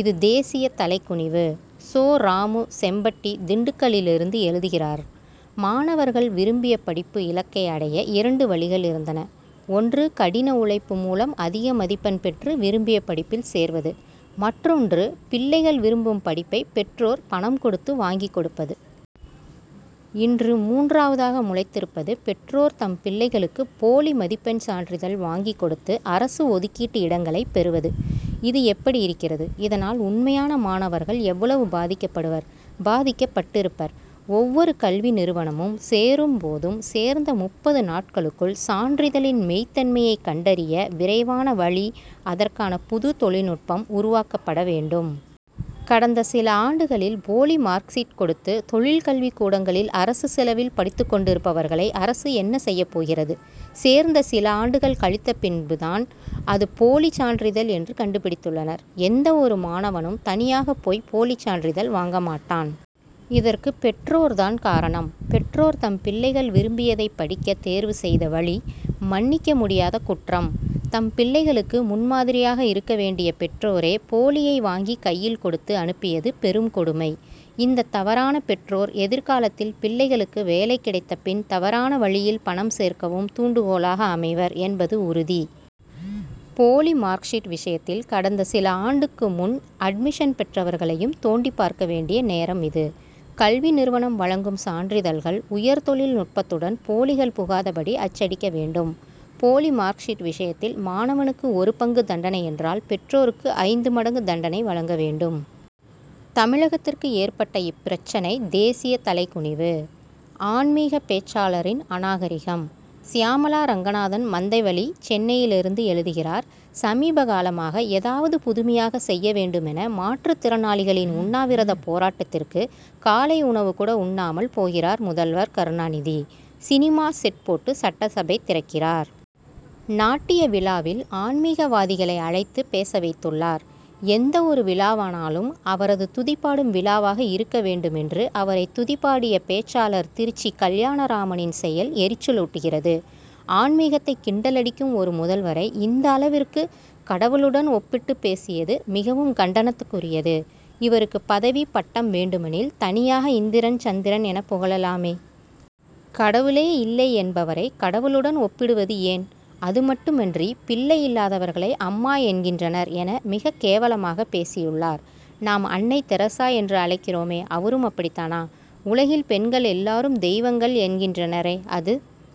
இது தேசிய தலைகுனிவு! சோ. ராமு, செம்பட்டி, திண்டுக்கலிலிருந்து எழுதுகிறார் மாணவர்கள் விரும்பிய படிப்பு இலக்கை அடைய, இரண்டு வழிகள் இருந்தன. ஒன்று, கடின உழைப்பு மூலம் அதிக மதிப்பெண் பெற்று, விரும்பிய படிப்பில் சேர்வது, மற்றொன்று, பிள்ளைகள் விரும்பும் படிப்பை, பெற்றோர் பணம் கொடுத்து வாங்கிக் கொடுப்பது. இன்று மூன்றாவதாக முளைத்திருப்பது, பெற்றோர் தம் பிள்ளைகளுக்கு போலி மதிப்பெண் சான்றிதழ் வாங்கிக் கொடுத்து, அரசு ஒதுக்கீட்டு இடங்களைப் பெறுவது. இது எப்படி இருக்கிறது? இதனால், உண்மையான மாணவர்கள் எவ்வளவு பாதிக்கப்படுவர், பாதிக்கப்பட்டிருப்பர். ஒவ்வொரு கல்வி நிறுவனமும், சேரும் போதும், சேர்ந்த முப்பது நாட்களுக்குள், சான்றிதழின் மெய்தன்மையை கண்டறிய விரைவான வழி, அதற்கான புது தொழில்நுட்பம் உருவாக்கப்பட வேண்டும். கடந்த சில ஆண்டுகளில், போலி மார்க் ஷீட் கொடுத்து, தொழில் கல்விக் கூடங்களில் அரசு செலவில் படித்துக் கொண்டிருப்பவர்களை, அரசு என்ன செய்யப் போகிறது? சேர்ந்த சில ஆண்டுகள் கழித்த பின் தான், அது போலி சான்றிதழ் என்று கண்டுபிடித்துள்ளனர். எந்தவொரு மாணவனும், தனியாகப் போய் போலிச் சான்றிதழ் வாங்க மாட்டான். இதற்கு பெற்றோர் தான் காரணம். பெற்றோர் தம் பிள்ளைகள் விரும்பியதைப் படிக்க தேர்வு செய்த வழி, மன்னிக்க முடியாத குற்றம். தம் பிள்ளைகளுக்கு முன் மாதிரியாய் இருக்க வேண்டிய பெற்றோரே, போலியை வாங்கி கையில் கொடுத்து அனுப்பியது பெரும் கொடுமை. இந்த தவறான பெற்றோர், எதிர்காலத்தில் பிள்ளைகளுக்கு வேலை கிடைத்த பின், தவறான வழியில் பணம் சேர்க்கவும் தூண்டுகோலாக அமைவர் என்பது உறுதி. போலி மார்க் ஷீட் விஷயத்தில், கடந்த சில ஆண்டுக்கு முன் அட்மிஷன் பெற்றவர்களையும் தோண்டிப் பார்க்க வேண்டிய நேரம் இது. கல்வி நிறுவனம் வழங்கும் சான்றிதழ்கள், உயர் தொழில் நுட்பத்துடன், போலிகள் புகாதபடி அச்சடிக்க வேண்டும். போலி மார்க் ஷீட் விஷயத்தில், மாணவனுக்கு ஒரு பங்கு தண்டனையென்றால், பெற்றோருக்கு ஐந்து மடங்கு தண்டனை வழங்க வேண்டும். தமிழகத்திற்கு ஏற்பட்ட இப்பிரச்னை, தேசிய தலைகுனிவு. ஆன்மிக பேச்சாளரின் அநாகரிகம்! சியாமளா ரங்கநாதன், மந்தைவெளி, சென்னையிலிருந்து எழுதுகிறார் சமீபகாலமாக, ஏதாவது புதுமையாக செய்ய வேண்டுமென, மாற்றுத் திறனாளிகளின் உண்ணாவிரத போராட்டத்திற்கு, காலை உணவுக்கூட உண்ணாமல் போகிறார் முதல்வர் கருணாநிதி. சினிமா, செட் போட்டு சட்டசபை திறக்கிறார். நாட்டிய விழாவில், ஆன்மிகவாதிகளை அழைத்து பேச வைத்துள்ளார். எந்த ஒரு விழாவானாலும், அவரது துதிபாடும் விழாவாக இருக்க வேண்டுமென்று, அவரை துதிபாடிய பேச்சாளர் திருச்சி கல்யாணராமனின் செயல் எரிச்சலூட்டுகிறது. ஆன்மிகத்தை கிண்டலடிக்கும் ஒரு முதல்வரை, இந்த அளவிற்கு கடவுளுடன் ஒப்பிட்டு பேசியது, மிகவும் கண்டனத்திற்குரியது. இவருக்கு பதவி, பட்டம் வேண்டுமெனில், தனியாக இந்திரன், சந்திரன் எனப் புகழலாமே! கடவுளே இல்லை என்பவரை, கடவுளுடன் ஒப்பிடுவது ஏன்? அது மட்டுமின்றி, பிள்ளை இல்லாதவர்களை அம்மா என்கின்றனர் என, மிக கேவலமாக பேசியுள்ளார். நாம், அன்னை தெரசா என்று அழைக்கிறோமே, அவரும் அப்படித் தானா? உலகில் பெண்கள் எல்லாரும் தெய்வங்கள் என்கின்றனரே, அது